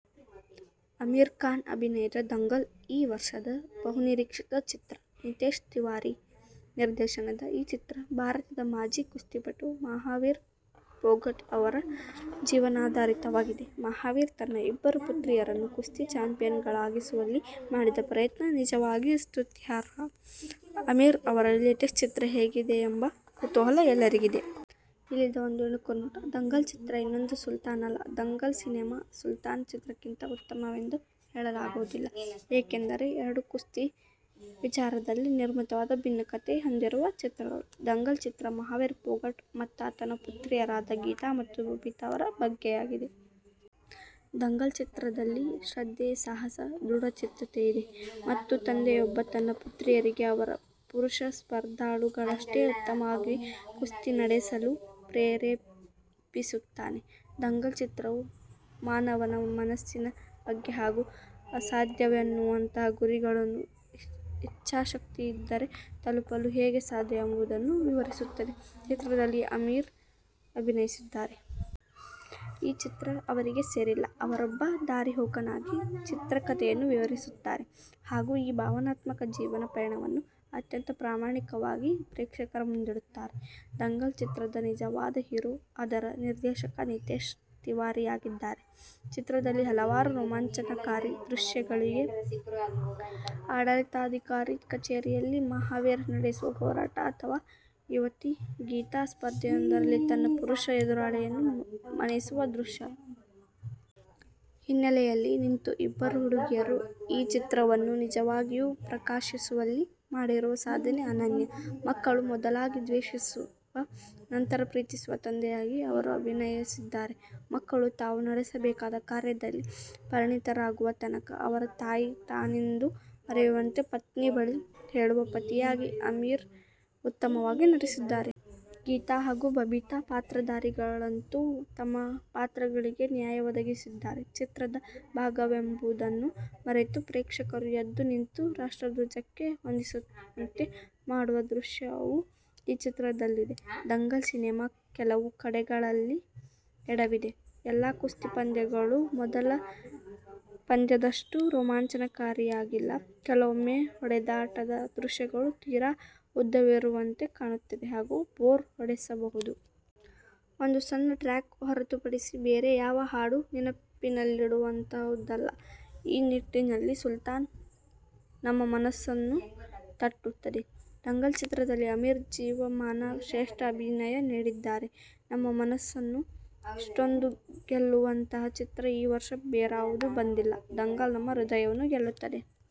ಆಮಿರ್ ಖಾನ್ ಅಭಿನಯದ ದಂಗಲ್ ಈ ವರ್ಷದ ಬಹುನಿರೀಕ್ಷಿತ ಚಿತ್ರ. ನಿತೇಶ್ ತಿವಾರಿ ನಿರ್ದೇಶನದ ಈ ಚಿತ್ರ ಭಾರತದ ಮಾಜಿ ಕುಸ್ತಿಪಟು ಮಹಾವೀರ್ ಫೋಗಟ್ ಅವರ ಜೀವನಾಧರಿತವಾಗಿದೆ. ಮಹಾವೀರ್ ತನ್ನ ಇಬ್ಬರು ಪುತ್ರಿಯರನ್ನು ಕುಸ್ತಿ ಚಾಂಪಿಯನ್ ಗಳಾಗಿಸುವಲ್ಲಿ ಮಾಡಿದ ಪ್ರಯತ್ನ ನಿಜವಾಗಿಯೂ ಸ್ತುತ್ಯಾರ್ಹ. ಆಮಿರ್ ಅವರ ಲೇಟೆಸ್ಟ್ ಚಿತ್ರ ಹೇಗಿದೆಯೆಂಬ ಕುತೂಹಲ ಎಲ್ಲರಿಗಿದೆ. ಇಲ್ಲಿದೆ ಒಂದು ಇಣುಕು ನೋಟ. ದಂಗಲ್ ಚಿತ್ರ ಇನ್ನೊಂದು ಸುಲ್ತಾನ್ ಅಲ್ಲ. ದಂಗಲ್ ಸಿನೆಮಾ ಸುಲ್ತಾನ್ ಚಿತ್ರಕ್ಕಿಂತ ಉತ್ತಮವೆಂದೂ ಹೇಳಲಾಗುವುದಿಲ್ಲ. ಏಕೆಂದರೆ ಎರಡೂ ಕುಸ್ತಿ ವಿಚಾರದಲ್ಲೇ ನಿರ್ಮಿತವಾದ ಭಿನ್ನ ಕಥೆ ಹೊಂದಿರುವ ಚಿತ್ರಗಳು. ದಂಗಲ್ ಚಿತ್ರ ಮಹಾವೀರ್ ಫೋಗಟ್ ಮತ್ತಾತನ ಪುತ್ರಿಯರಾದ ಗೀತಾ ಮತ್ತು ಬಬಿತಾ ಅವರ ಬಗ್ಗೆಯಾಗಿದೆ. ದಂಗಲ್ ಚಿತ್ರದಲ್ಲಿ ಶ್ರದ್ಧೆ, ಸಾಹಸ, ದೃಢಚಿತ್ತತೆಯಿದೆ ಮತ್ತು ತಂದೆಯೊಬ್ಬ ತನ್ನ ಪುತ್ರಿಯರಿಗೆ ಅವರ ಪುರುಷ ಸ್ಪರ್ಧಾಳುಗಳಷ್ಟೇ ಉತ್ತಮವಾಗಿ ಕುಸ್ತಿ ನಡೆಸಲು ಪ್ರೇರೇಪಿಸುತ್ತಾನೆ. ದಂಗಲ್ ಚಿತ್ರವು ಮಾನವನ ಮನಸ್ಸಿನ ಬಗ್ಗೆ ಹಾಗೂ ಅಸಾಧ್ಯವೆನ್ನುವಂತಹ ಗುರಿಗಳನ್ನು ಇಚ್ಛಾಶಕ್ತಿಯಿದ್ದರೆ ತಲುಪಲು ಹೇಗೆ ಸಾಧ್ಯ ಎಂಬುದನ್ನು ವಿವರಿಸುತ್ತದೆ. ಚಿತ್ರದಲ್ಲಿ ಆಮಿರ್ ಅಭಿನಯಿಸಿದ್ದಾರೆ. ಈ ಚಿತ್ರ ಅವರಿಗೆ ಸೇರಿಲ್ಲ. ಅವರೊಬ್ಬ ದಾರಿಹೋಕನಾಗಿ ಚಿತ್ರ ಕತೆಯನ್ನು ವಿವರಿಸುತ್ತಾರೆ ಹಾಗೂ ಈ ಭಾವನಾತ್ಮಕ ಜೀವನ ಪಯಣವನ್ನು ಅತ್ಯಂತ ಪ್ರಾಮಾಣಿಕವಾಗಿ ಪ್ರೇಕ್ಷಕರ ಮುಂದಿಡುತ್ತಾರೆ. ದಂಗಲ್ ಚಿತ್ರದ ನಿಜವಾದ ಹೀರೋ ಅದರ ನಿರ್ದೇಶಕ ನಿತೇಶ್ ತಿವಾರಿಯಾಗಿದ್ದಾರೆ. ಚಿತ್ರದಲ್ಲಿ ಹಲವಾರು ರೋಮಾಂಚನಕಾರಿ ದೃಶ್ಯಗಳಿವೆ. ಆಡಳಿತಾಧಿಕಾರಿ ಕಚೇರಿಯಲ್ಲಿ ಮಹಾವೀರ್ ನಡೆಸುವ ಹೋರಾಟ ಅಥವಾ ಯುವತಿ ಗೀತಾ ಸ್ಪರ್ಧೆಯೊಂದರಲ್ಲಿ ತನ್ನ ಪುರುಷ ಎದುರಾಳಿಯನ್ನ ಮಣಿಸುವ ದೃಶ್ಯ. ಹಿನ್ನೆಲೆಯಲ್ಲಿ ನಿಂತು ಇಬ್ಬರು ಹುಡುಗಿಯರು ಈ ಚಿತ್ರವನ್ನು ನಿಜವಾಗಿಯೂ ಪ್ರಕಾಶಿಸುವಲ್ಲಿ ಮಾಡಿರುವ ಸಾಧನೆ ಅನನ್ಯ. ಮಕ್ಕಳು ಮೊದಲಾಗಿ ದ್ವೇಷಿಸುವ ನಂತರ ಪ್ರೀತಿಸುವ ತಂದೆಯಾಗಿ ಅವರು ಅಭಿನಯಿಸಿದ್ದಾರೆ. ಮಕ್ಕಳು ತಾವು ನಡೆಸಬೇಕಾದ ಕಾರ್ಯದಲ್ಲಿ ಪರಿಣತರಾಗುವ ತನಕ ಅವರ ತಾಯಿ ತಾನೆಂದು ಮರೆಯುವಂತೆ ಪತ್ನಿ ಬಳಿ ಹೇಳುವ ಪತಿಯಾಗಿ ಆಮಿರ್ ಉತ್ತಮವಾಗಿ ನಟಿಸಿದ್ದಾರೆ. ಗೀತಾ ಹಾಗೂ ಬಬಿತಾ ಪಾತ್ರಧಾರಿಗಳಂತೂ ತಮ್ಮ ಪಾತ್ರಗಳಿಗೆ ನ್ಯಾಯ ಒದಗಿಸಿದ್ದಾರೆ. ಚಿತ್ರದ ಭಾಗವೆಂಬುದನ್ನು ಮರೆತು ಪ್ರೇಕ್ಷಕರು ಎದ್ದು ನಿಂತು ರಾಷ್ಟ್ರಧ್ವಜಕ್ಕೆ ವಂದಿಸುವಂತೆ ಮಾಡುವ ದೃಶ್ಯವೂ ಈ ಚಿತ್ರದಲ್ಲಿದೆ. ದಂಗಲ್ ಸಿನೆಮಾ ಕೆಲವು ಕಡೆಗಳಲ್ಲಿ ಎಡವಿದೆ. ಎಲ್ಲಾ ಕುಸ್ತಿ ಪಂದ್ಯಗಳೂ ಮೊದಲ ಪಂದ್ಯದಷ್ಟು ರೋಮಾಂಚನಕಾರಿಯಾಗಿಲ್ಲ. ಕೆಲವೊಮ್ಮೆ ಹೊಡೆದಾಟದ ದೃಶ್ಯಗಳು ತೀರಾ ಉದ್ದವಿರುವಂತೆ ಕಾಣುತ್ತದೆ ಹಾಗೂ ಬೋರ್ ಹೊಡೆಸಬಹುದು. ಒಂದು ಸಣ್ಣ ಟ್ರ್ಯಾಕ್ ಹೊರತುಪಡಿಸಿ ಬೇರೆ ಯಾವ ಹಾಡೂ ನೆನಪಿನಲ್ಲಿಡುವಂತಹುದಲ್ಲ. ಈ ನಿಟ್ಟಿನಲ್ಲಿ ಸುಲ್ತಾನ್ ನಮ್ಮ ಮನಸ್ಸನ್ನು ತಟ್ಟುತ್ತದೆ. ದಂಗಲ್ ಚಿತ್ರದಲ್ಲಿ ಆಮಿರ್ ಜೀವಮಾನ ಶ್ರೇಷ್ಠ ಅಭಿನಯ ನೀಡಿದ್ದಾರೆ. ನಮ್ಮ ಮನಸ್ಸನ್ನು ಇಷ್ಟೊಂದು ಗೆಲ್ಲುವಂತಹ ಚಿತ್ರ ಈ ವರ್ಷ ಬೇರಾವುದೂ ಬಂದಿಲ್ಲ. ದಂಗಲ್ ನಮ್ಮ ಹೃದಯವನ್ನು ಗೆಲ್ಲುತ್ತದೆ.